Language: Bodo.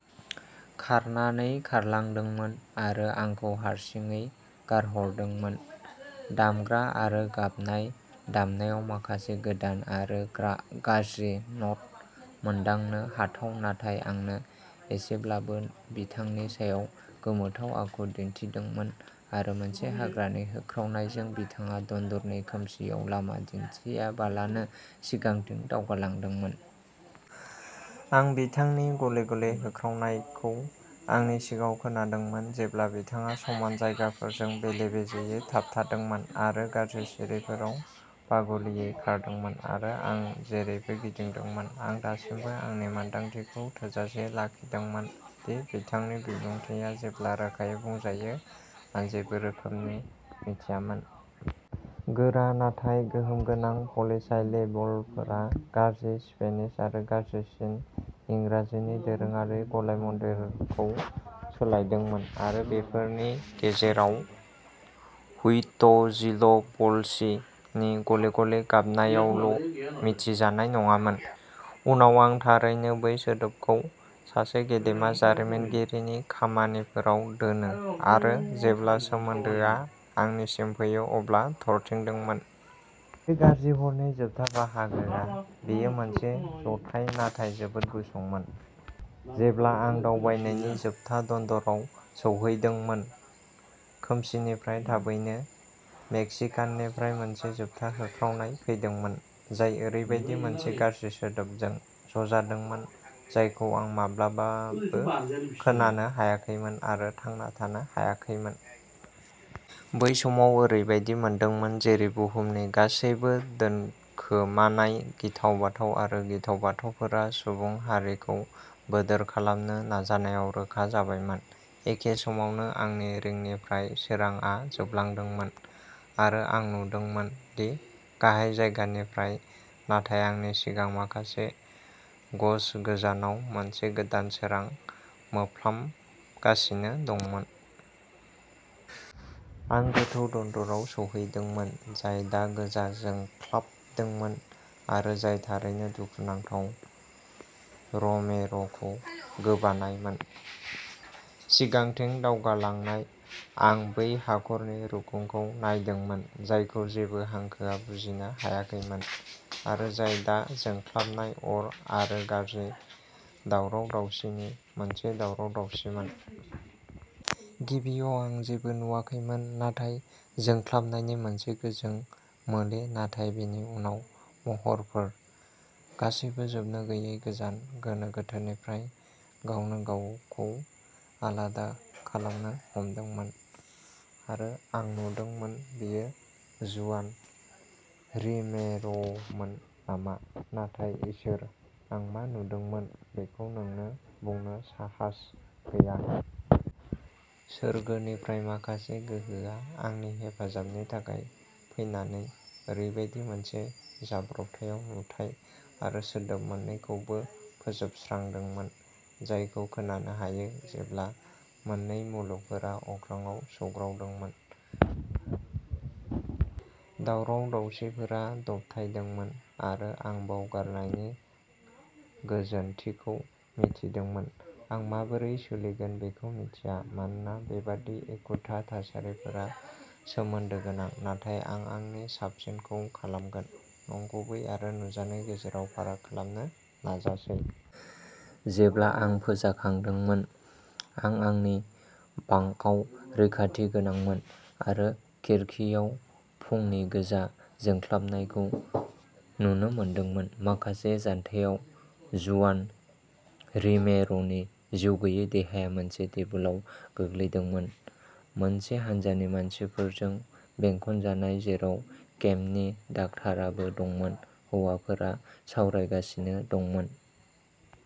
खारनानै खारलांदोंमोन आरो आंखौ हारसिङै गारहरदोंमोन। दामग्रा आरो गाबनाय दामनायाव माखासे गोदान आरो गाज्रि न'ट, मोनदांनो हाथाव नाथाय आंनो एसेब्लाबो, बिथांनि सायाव गोमोथाव आखु दिन्थिदोंमोन; आरो मोनसे हाग्रानि होख्रावनायजों बिथाङा दन्दरनि खोमसिआव लामा दिन्थियालाबानो सिगांथिं दावगालांदोंमोन। आं बिथांनि गले-गले होख्रावनायखौ आंनि सिगाङाव खोनादोंमोन, जेब्ला बिथाङा समान जायगाफोरजों बेले-बेजेयै थाबथादोंमोन आरो गाज्रि सिरिफोराव पागलियै खारदोंमोन। आरो आं जेरैबो गिदोंमोन, आं दासिमबो आंनि मोनदांथिखौ थोजासे लाखिदोंमोन दि बिथांनि बिबुंथिआ, जेब्ला रोखायै बुंजायो, आं जेबो रोखोमनि मिथियामोन। गोरा नाथाय गोहोमगोनां पलिसाइलेबलफोरा गाज्रि स्पेनिश आरो गाज्रिसिन इंराजिनि दोरोङारि गलायमोन्देरखौ सोलायदोंमोन, आरो बेफोरनि गेजेराव, "हुइटजिल'प'च्लि" नि गले-गले गाबनायाल'मिथिजानाय नङामोन। उनाव आं थारैनो बै सोदोबखौ सासे गेदेमा जारिमिनगिरिनि खामानिफोराव दोनो-आरो जेब्ला सोमोन्दोआ आंनिसिम फैयो अब्ला थरथिंदोंमोन। बै गाज्रि हरनि जोबथा बाहागोआ। बेयो मोनसे जथाय नाथाय जोबोद गुसुंमोन, जेब्ला आं दावबायनायनि जोबथा दन्दराव सौहैदोंमोन। खोमसिनिफ्राय थाबैनो मेक्सिकाननिफ्राय मोनसे जोबथा होख्रावनाय फैदोंमोन, जाय ओरैबायदि मोनसे गाज्रि सोदोबजों ज'जादोंमोन जायखौ आं माब्लाबाबो खोनानो हायाखैमोन आरो थांना थानो हायाखैमोन। बै समाव ओरैबायदि मोनदोंमोन जेरै बुहुमनि गासैबो दोनखोमानाय गिथाव-बाथाव आरो गिथाव-बाथावफोरा सुबुं हारिखौ बोदोर खालामनो नाजानायाव रोखा जाबायमोन। एखे समावनो आंनि रिंनिफ्राय सोरांआ जोबलांदोंमोन, आरो आं नुदोंमोन दि गाहाय जायगानिफ्राय नाथाय आंनि सिगां माखासे गज गोजानाव मोनसे गोदान सोरां मोफ्लांगासिनो दंमोन। आं गोथौ दन्दराव सौहैदोंमोन, जाय दा गोजा जोंख्लाबदोंमोन, आरो जाय थारैनो दुखुनांथाव र'मेर'खौ गोबानायमोन। सिगांथिं दावगालांनाय, आं बै हाखरनि रुगुंखौ नायदोंमोन जायखौ जेबो हांखोआ बुजिनो हायाखैमोन, आरो जाय दा जोंख्लाबनाय अर आरो गाज्रि दावराव-दावसिनि मोनसे दावराव-दावसिमोन। गिबियाव आं जेबो नुवाखैमोन नाथाय जोंख्लाबनायनि मोनसे गोजों मोले; नाथाय बेनि उनाव महरफोर, गासैबो जोबनो गैयै गोजान, गोनो-गोथोनिफ्राय गावनोगावखौ आलादा खालामनो हमदोंमोन, आरो आं नुदोंमोन-बेयो जुआन रोमेर'मोन नामा?-नाथाय इसोर! आं मा नुदोंमोन बेखौ नोंनो बुंनो साहास गैया!... सोरगोनिफ्राय माखासे गोहोआ, आंनि हेफाजाबनि थाखाय फैनानै, ओरैबायदि मोनसे जाब्रबथायाव नुथाय आरो सोदोब मोन्नैखौबो फोजोबस्रांदोंमोन जायखौ खोनानो हायो जेब्ला मोननै मुलुगफोरा अख्राङाव सौग्रावदोंमोन। दावराव-दावसिफोरा दबथायदोंमोन, आरो आं बावगारनायनि गोजोनथिखौ मिथिदोंमोन। आं माबोरै सोलिगोन बेखौ मिन्थिया, मानोना बेबादि एखुथा थासारिफोरा सोमोन्दोगोनां; नाथाय आं आंनि साबसिनखौ खालामगोन, नंगुबै आरो नुजानायनि गेजेराव फाराग खालामनो नाजासै। जेब्ला आं फोजाखांदोंमोन, आं आंनि बांकआव रैखाथि गोनांमोन आरो खिरखिआव फुंनि गोजा जोंख्लाबनायखौ नुनो मोनदोंमोन। माखासे जानथायाव जुआन रोमेर'नि जिउगैयै देहाया मोनसे टेबोलाव गोलैदोंमोन, मोनसे हान्जानि मानसिफोरजों बेंखनजानाय, जेराव केम्पनि डाक्टाराबो दंमोन। हौवाफोरा सावरायगासिनो दंमोन